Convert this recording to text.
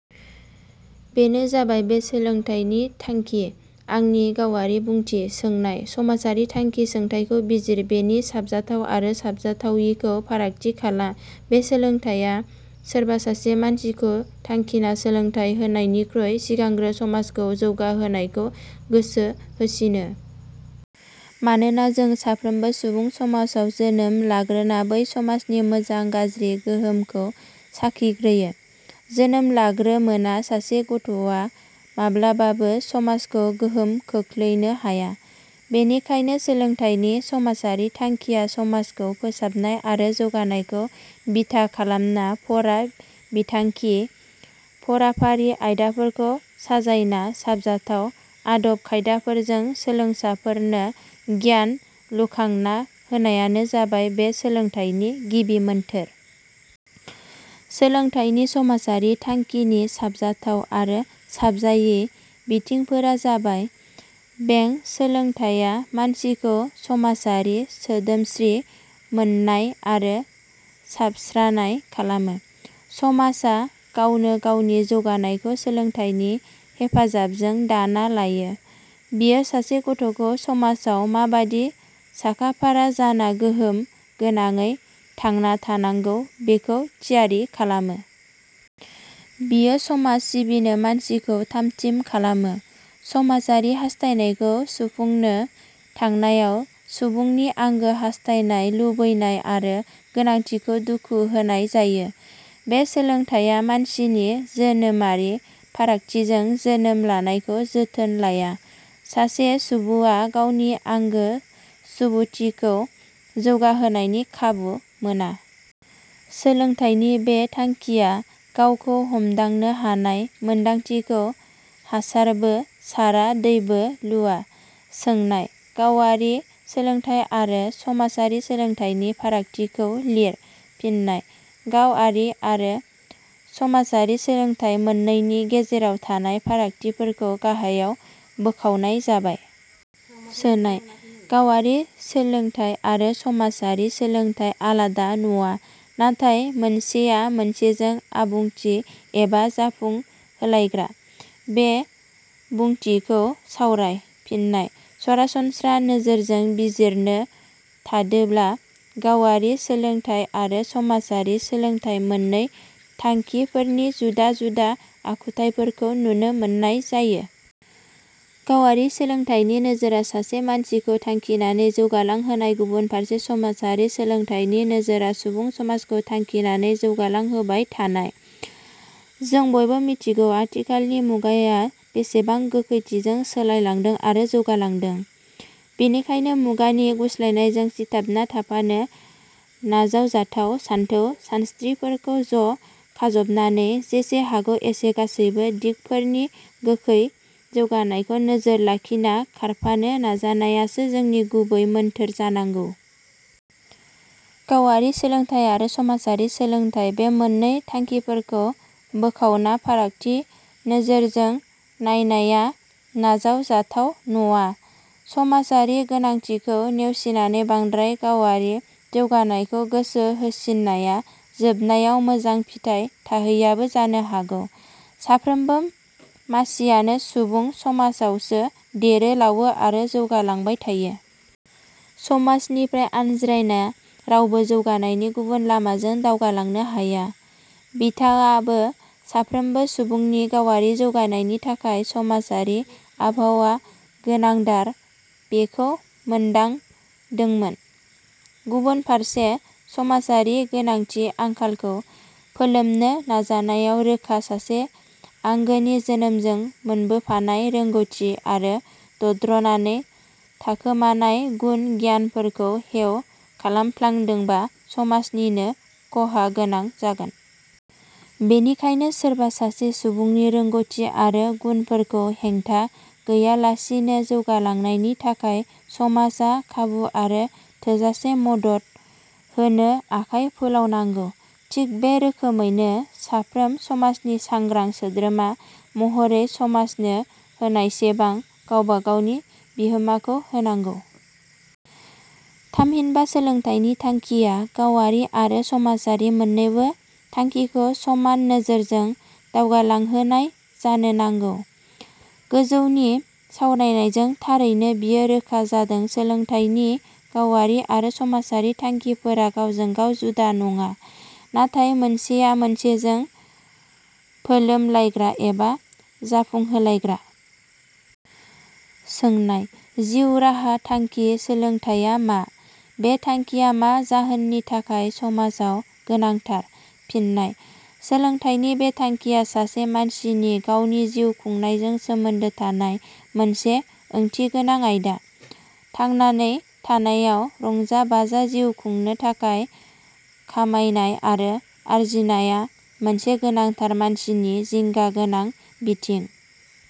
बेनो जाबाय बे सोलोंथाइनि थांखिनि सायाव आंनि गावारि बुंथि। सोंनाय –. समाजारि थांखि सोलोंथाइखौ बिजिर। बेनि साबजाथाव आरो साबजाथावयिखौ फारागथि खालाम। बे सोलोंथाइया सोरबा सासे मानसिखौ थांखिना सोलोंथाइ होनायनिख्रुइ सिगांग्रो समाजखौ जौगाहोनायखौ गोसो होसिनो। मानोना जों साफ्रोमबो सुबुं समाजाव जोनोम लाग्रोना बै समाजनि मोजां-गाज्रि गोहोमखौ साखिग्रोयो। जोनोम लाग्रोमोना सासे गथ'वा माब्लाबाबो समाजखौ गोहोम खोखलैनो हाया। बेनिखायनो सोलोंथाइनि समाजारि थांखिया समाजखौ फोसाबनाय आरो जौगानायखौ बिथा खालामना फरा बिथांखि, फराफारि आयदाफोरखौ साजायना साबजाथाव आदब- खायदाफोरजों सोलोंसाफोरनो गियान लुखांना होनायानो जाबाय बे सोलोंथाइनि गिबि मोन्थोर। सोलोंथाइनि समाजारि थांखिनि साबजाथाव आरो साबजायि बिथिंफोरा जाबाय – बें सोलोंथाइया मानसिखौ समाजारि, सोद्रोमसि मोन्नाय आरो साबस्रानाय खालामो। समाजा गावनो गावनि जौगानायखौ सोलोंथाइनि हेफाजाबजों दाना लायो। बेयो सासे गथ'खौ समाजाव माबादि साखा-फारा जाना गोहोम गोनाङै थांना थानांगौ बेखौ थियारि खालामो। बेयो समाज सिबिनो मानसिखौ थामथिम खालामो। समाजारि हास्थायनायखौ सुफुंनो थांनायाव सुबुंनि आंगो हास्थायनाय, लुबैनाय आरो गोनांथिखौ दुखु होनाय जायो। बे सोलोंथाइया मानसिनि जोनोमारि फारागथिजों जोनोम लानायखौ जोथोन लाया। सासे सुबुङा गावनि आंगो सुबुथिखौ जौगाहोनायनि खाबु मोना। सोलोंथाइनि बे थांखिया गावखौ हमदांनो हानाय मोन्दांथिखौ हासारबो सारा दैबो लुवा। सोनाय –. गावआरि सोलोंथाइ आरो समाजारि सोलोंथाइनि फारागथिखौ लिर। फिन्नाय: गावआरि आरो समाजारि सोलोंथाइ मोन्नैनि गेजेराव थानाय फारागथिफोरखौ गाहायाव बोखावनाय जाबाय। सोनाय –. गावारि सोलोंथाइ आरो समाजारि सोलोंथाइ आलादा नङा, नाथाय मोनसेया मोनसेजों आबुंथि एबा जाफुंहोलायग्रा। बे बुंथिखौ सावराय। फिन्नाय: सरासनस्रा नोजोरजों बिजिरनो थाडोब्ला गावारि सोलोंथाइ आरो समाजारि सोलोंथाइ मोन्नै थांखिफोरनि जुदा-जुदा आखुथाइफोरखौ नुनो मोन्नाय जायो। गावारि सोलोंथाइनि नोजोरा सासे मानसिखौ थांखिनानै जौगालांहोनाय गुबुन फारसे समाजारि सोलोंथाइनि नोजोरा सुबुं समाजखौ थांखिनानै जौगालांहोबाय थानाय। जों बयबो मिथिगौ आथिखालनि मुगाया बेसेबां गोखैथिजों सोलाय लांदों आरो जौगालांदों। बेनिखायनो मुगानि गुस्लायनायजों सिथाबना थाफानो नाजावजाथाव सानथौ सानस्त्रिफोरखौ ज' खाजबनानै जेसे हागौ एसे गासैबो दिगफोरनि गोखै जौगानायखौ नोजोर लाखिना खारफानो नाजानायासो जोंनि गुबै मोन्थोर जानांगौ। गावारि सोलोंथाइ आरो समाजारि सोलोंथाइ बे मोन्नै थांखिफोरखौ बोखावना फारागथि नोजोरजों नायनाया नाजाव जाथाव नङा। समाजारि गोनांथिखौ नेउसिनानै बांद्राय गावारि जौगानायखौ गोसो होसिन्नाया जोबनायाव मोजां फिथाइ थाहैयाबो जानो हागौ। साफ्रोमबो मासियानो सुबुं समाजावसो देरो-लावो आरो जौगालांबाय थायो। समाजनिफ्राय आनज्रायना रावबो जौगानायनि गुबुन लामाजों दावगालांनो हाया।, बिथाङाबो साफ्रोमबो सुबुंनि गावारि जौगानायनि थाखाय समाजारि आबहावाया गोनांधार बेखौ मोन्दांदोंमोन। गुबुन फारसे समाजारि गोनांथि-आंखालखौ फोलोमनो नाजानायाव रोखा सासे आंगोनि जोनोमजों मोनबोफानाय रोंगौथि आरो दद्रनाने थाखोमानाय गुन-गियानफोरखौ हेव खालामफ्लांदोबा समाजनिनो ख 'हा गोनां जागोन। बेनिखायनो सोरबा सासे सुबुंनि रोंगौथि आरो गुनफोरखौ हेंथा गैयालासिनो जौगालांनायनि थाखाय समाजा खाबु आरो थोजासे मदद होनो आखाइ फोलावनांगौ। थिग बे रोखोमैनो साफ्रोम समाजनि सांग्रां सोद्रोमा महरै समाजनो हानायसेबां गावबा गावनि बिहोमाखौ होनांगौ। थामहिनबा सोलोंथाइनि थांखिया गावारि आरो समाजारि मोन्नैबो थांखिखौ समान नोजोरजों दावगालांहोनाय जानो नांगौ। गोजौनि सावरायनायजों थारैनो बेयो रोखा जादों सोलोंथाइनि गावारि आरो समाजारि थांखिफोरा गावजों गाव जुदा नङा नाथाय मोनसेया मोनसेजों फोलोमलायग्रा एबा जाफुंहोलायग्रा। सोंनाय-. जिउ राहा थांखि सोलोंथाइया मा? बे थांखिया मा जाहोननि थाखाय समाजाव गोनांथार। फिन्नाय: सोलोंथाइनि बे थाखिया सासे मानसिनि गावनि जिउ खुंनायजों सोमोन्दो थानाय मोनसे ओंथिगोनां आयदा। थांनानै थानायाव रंजा-बाजा जिउ खुंनो थाखाय खामायनाय आरो आरजिनाया मोनसे गोनांथार मानसिनि जिंगा गोनां बिथिं।